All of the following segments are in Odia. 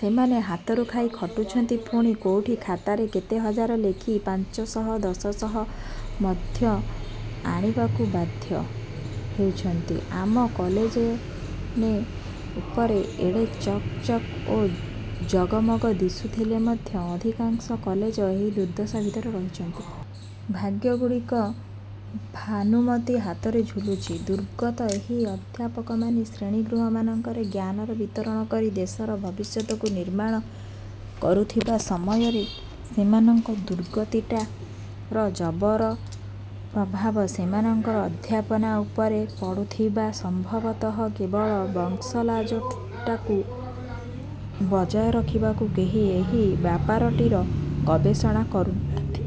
ସେମାନେ ହାତରୁ ଖାଇ ଖଟୁଛନ୍ତି। ପୁଣି ଆଉ କୋଉଠି ଖାତାରେ କେତେ ହଜାର ଲେଖି ପାଞ୍ଚଶହ ଦଶ ଶହ ମଧ୍ୟ ଆଣିବାକୁ ବାଧ୍ୟ ହେଉଛନ୍ତି। ଆମ କଲେଜ୍ମାନେ ଉପରେ ଏଡ଼େ ଚକ୍ ଚକ୍ ଓ ଜଗମଗ ଦିଶୁଥିଲେ ମଧ୍ୟ ଅଧିକାଂଶ କଲେଜ ଏହି ଦୁର୍ଦ୍ଦଶା ଭିତରେ ରହିଛନ୍ତି। ଭାଗ୍ୟଗୁଡ଼ିକ ଭାନୁମତୀ ହାତରେ ଝୁଲୁଛି। ଦୁର୍ଗତ ଏହି ଅଧ୍ୟାପକମାନେ ଶ୍ରେଣୀଗୃହମାନଙ୍କରେ ଜ୍ଞାନର ବିତରଣ କରି ଦେଶର ଭବିଷ୍ୟତକୁ ନିର୍ମାଣ କରୁଥିବା ସମୟରେ ସେମାନଙ୍କ ଦୁର୍ଗତିଟାର ଜବର ପ୍ରଭାବ ସେମାନଙ୍କର ଅଧ୍ୟାପନା ଉପରେ ପଡୁଥିବ। ସମ୍ଭବତଃ କେବଳ ବଂଶଲାଜଟାକୁ ବଜାୟ ରଖିବାକୁ କେହି ଏହି ବ୍ୟାପାରଟିର ଗବେଷଣା କରୁନାହାନ୍ତି।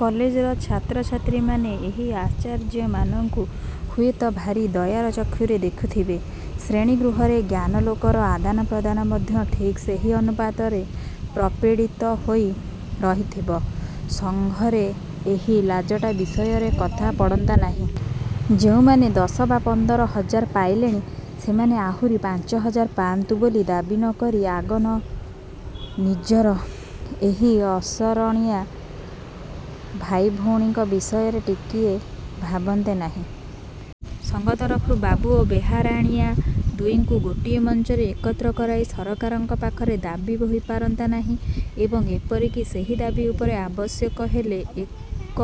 କଲେଜର ଛାତ୍ରଛାତ୍ରୀମାନେ ଏହି ଆଚାର୍ଯ୍ୟମାନଙ୍କୁ ହୁଏତ ଭାରି ଦୟାର ଚକ୍ଷୁରେ ଦେଖୁଥିବେ। ଶ୍ରେଣୀ-ଗୃହରେ ଜ୍ଞାନାଲୋକର ଆଦାନପ୍ରଦାନ ମଧ୍ୟ ଠିକ୍ ସେହି ଅନୁପାତରେ ପ୍ରପୀଡ଼ିତ ହୋଇ ରହିଥିବ। ସଂଘରେ ଏହି ଲାଜଟା ବିଷୟରେ କଥା ପଡ଼ନ୍ତା ନାହିଁ? ଯେଉଁମାନେ ଦଶ ବା ପନ୍ଦର ହଜାର ପାଇଲେଣି, ସେମାନେ ଆହୁରି ପାଞ୍ଚ ହଜାର ପାଆନ୍ତୁ ବୋଲି ଦାବି ନକରି ଆଗ ନିଜର ଏହି ଅସରଣିଆ ଭାଇଭଉଣୀଙ୍କ ବିଷୟରେ ଟିକିଏ ଭାବନ୍ତେ ନାହିଁ? ସଂଘ ତରଫରୁ ବାବୁ ଓ ବେହେରାଣିଆ ଦୁହିଁଙ୍କୁ ଗୋଟିଏ ମଞ୍ଚରେ ଏକତ୍ର କରାଇ ସରକାରଙ୍କ ପାଖରେ ଦାବି ହୋଇ ପାରନ୍ତା ନାହିଁ ଏବଂ ଏପରିକି ସେହି ଦାବି ଉପରେ ଆବଶ୍ୟକ ହେଲେ ଏକ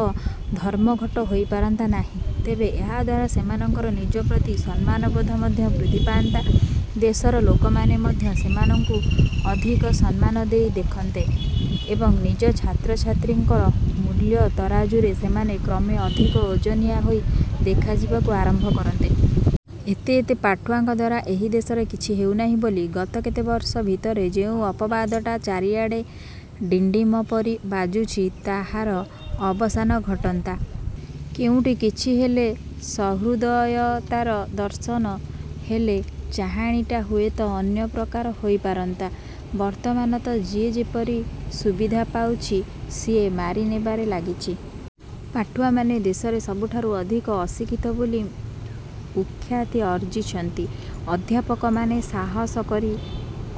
ଧର୍ମଘଟ ହୋଇପାରନ୍ତା ନାହିଁ? ତେବେ, ଏହାଦ୍ୱାରା ସେମାନଙ୍କର ନିଜ ପ୍ରତି ସମ୍ମାନବୋଧ ମଧ୍ୟ ବୃଦ୍ଧି ପାଆନ୍ତା, ଦେଶର ଲୋକମାନେ ମଧ୍ୟ ସେମାନଙ୍କୁ ଅଧିକ ସମ୍ମାନ ଦେଇ ଦେଖନ୍ତେ ଏବଂ ନିଜ ଛାତ୍ରଛାତ୍ରୀଙ୍କର ମୂଲ୍ୟତରାଜୁରେ ସେମାନେ କ୍ରମେ ଅଧିକ ଓଜନିଆ ହୋଇ ଦେଖାଯିବାକୁ ଆରମ୍ଭ କରନ୍ତେ। ଏତେ ଏତେ ପାଠୁଆଙ୍କ ଦ୍ଵାରା ଏହି ଦେଶରେ କିଛି ହେଉନାହିଁ ବୋଲି ଗତ କେତେବର୍ଷ ଭିତରେ ଯେଉଁ ଅପବାଦଟା ଚାରିଆଡ଼େ ଡ଼ିଣ୍ଡିମ ପରି ବାଜୁଛି, ତାହାର ଅବସାନ ଘଟନ୍ତା। କେଉଁଠି କିଛି ହେଲେ ସହୃଦୟତାର ଦର୍ଶନ ହେଲେ ଚାହାଣିଟା ହୁଏତ ଅନ୍ୟ ପ୍ରକାର ହୋଇପାରନ୍ତା। ବର୍ତ୍ତମାନ ତ ଯିଏ ଯେପରି ସୁବିଧା ପାଉଛି, ସିଏ ମାରି ନେବାରେ ଲାଗିଛି। ପାଠୁଆମାନେ ଦେଶରେ ସବୁଠାରୁ ଅଧିକ ଅଶିକ୍ଷିତ ବୋଲି କୁଖ୍ୟାତି ଅର୍ଜିଛନ୍ତି। ଅଧ୍ୟାପକମାନେ ସାହସ କରି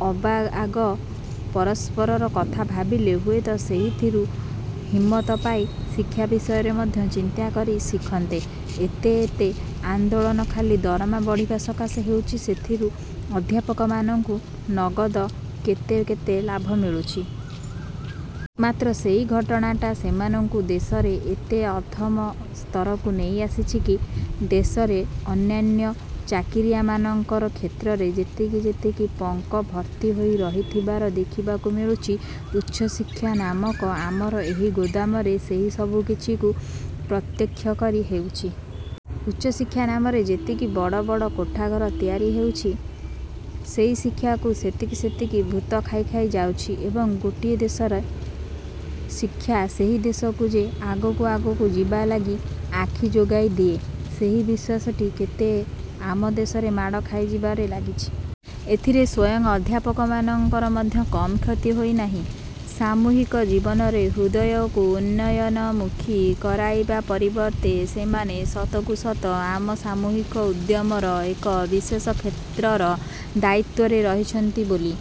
ସବାଆଗ ପରସ୍ପରର କଥା ଭାବିଲେ ହୁଏତ ସେଇଥିରୁ ହିମତ ପାଇ ଶିକ୍ଷା ବିଷୟରେ ମଧ୍ୟ ଚିନ୍ତା କରି ଶିଖନ୍ତେ। ଏତେ ଏତେ ଆନ୍ଦୋଳନ ଖାଲି ଦରମା ବଢ଼ିବା ସକାଶେ ହେଉଛି, ସେଥିରୁ ଅଧ୍ୟାପକମାନଙ୍କୁ ନଗଦ କେତେ କେତେ ଲାଭ ମିଳିଛି। ମାତ୍ର ସେହି ଘଟଣାଟା ସେମାନଙ୍କୁ ଦେଶରେ ଏତେ ଅଧମ ସ୍ତରକୁ ନେଇ ଆସିଛି କି? ଦେଶରେ ଅନ୍ୟାନ୍ୟ ଚାକିରିଆମାନଙ୍କର କ୍ଷେତ୍ରରେ ଯେତିକି ଯେତିକି ପଙ୍କ ଭର୍ତ୍ତି ହୋଇ ରହିଥିବାର ଦେଖିବାକୁ ମିଳୁଛି, ଉଚ୍ଚଶିକ୍ଷା ନାମକ ଆମର ଏହି ଗୋଦାମରେ ସେହି ସବୁକିଛିକୁ ପ୍ରତ୍ୟକ୍ଷ କରି ହେଉଛି। ଉଚ୍ଚଶିକ୍ଷା ନାମରେ ଯେତିକି ବଡ଼ ବଡ଼ କୋଠାଘର ତିଆରି ହେଉଛି, ସେହି ଶିକ୍ଷାକୁ ସେତିକି ସେତିକି ଭୂତ ଖାଇ ଖାଇ ଯାଉଛି ଏବଂ ଗୋଟିଏ ଦେଶର ଶିକ୍ଷା ସେହି ଦେଶକୁ ଯେ ଆଗକୁ ଆଗକୁ ଯିବା ଲାଗି ଆଖି ଯୋଗାଇଦିଏ, ସେହି ବିଶ୍ୱାସଟି କ୍ରମେ ଆମ ଦେଶରେ ମାଡ଼ ଖାଇଯିବାରେ ଲାଗିଛି। ଏଥିରେ ସ୍ୱୟଂ ଅଧ୍ୟାପକମାନଙ୍କର ମଧ୍ୟ କମ୍ କ୍ଷତି ହୋଇନାହିଁ? ସାମୂହିକ ଜୀବନର ହୃଦୟକୁ ଉନ୍ନୟନମୁଖୀ କରାଇବା ପରିବର୍ତ୍ତେ ସେମାନେ ସତକୁ ସତ ଆମ ସାମୂହିକ ଉଦ୍ୟମର ଏକ ବିଶେଷ କ୍ଷେତ୍ରର ଦାୟିତ୍ୱରେ ରହିଛନ୍ତି ବୋଲି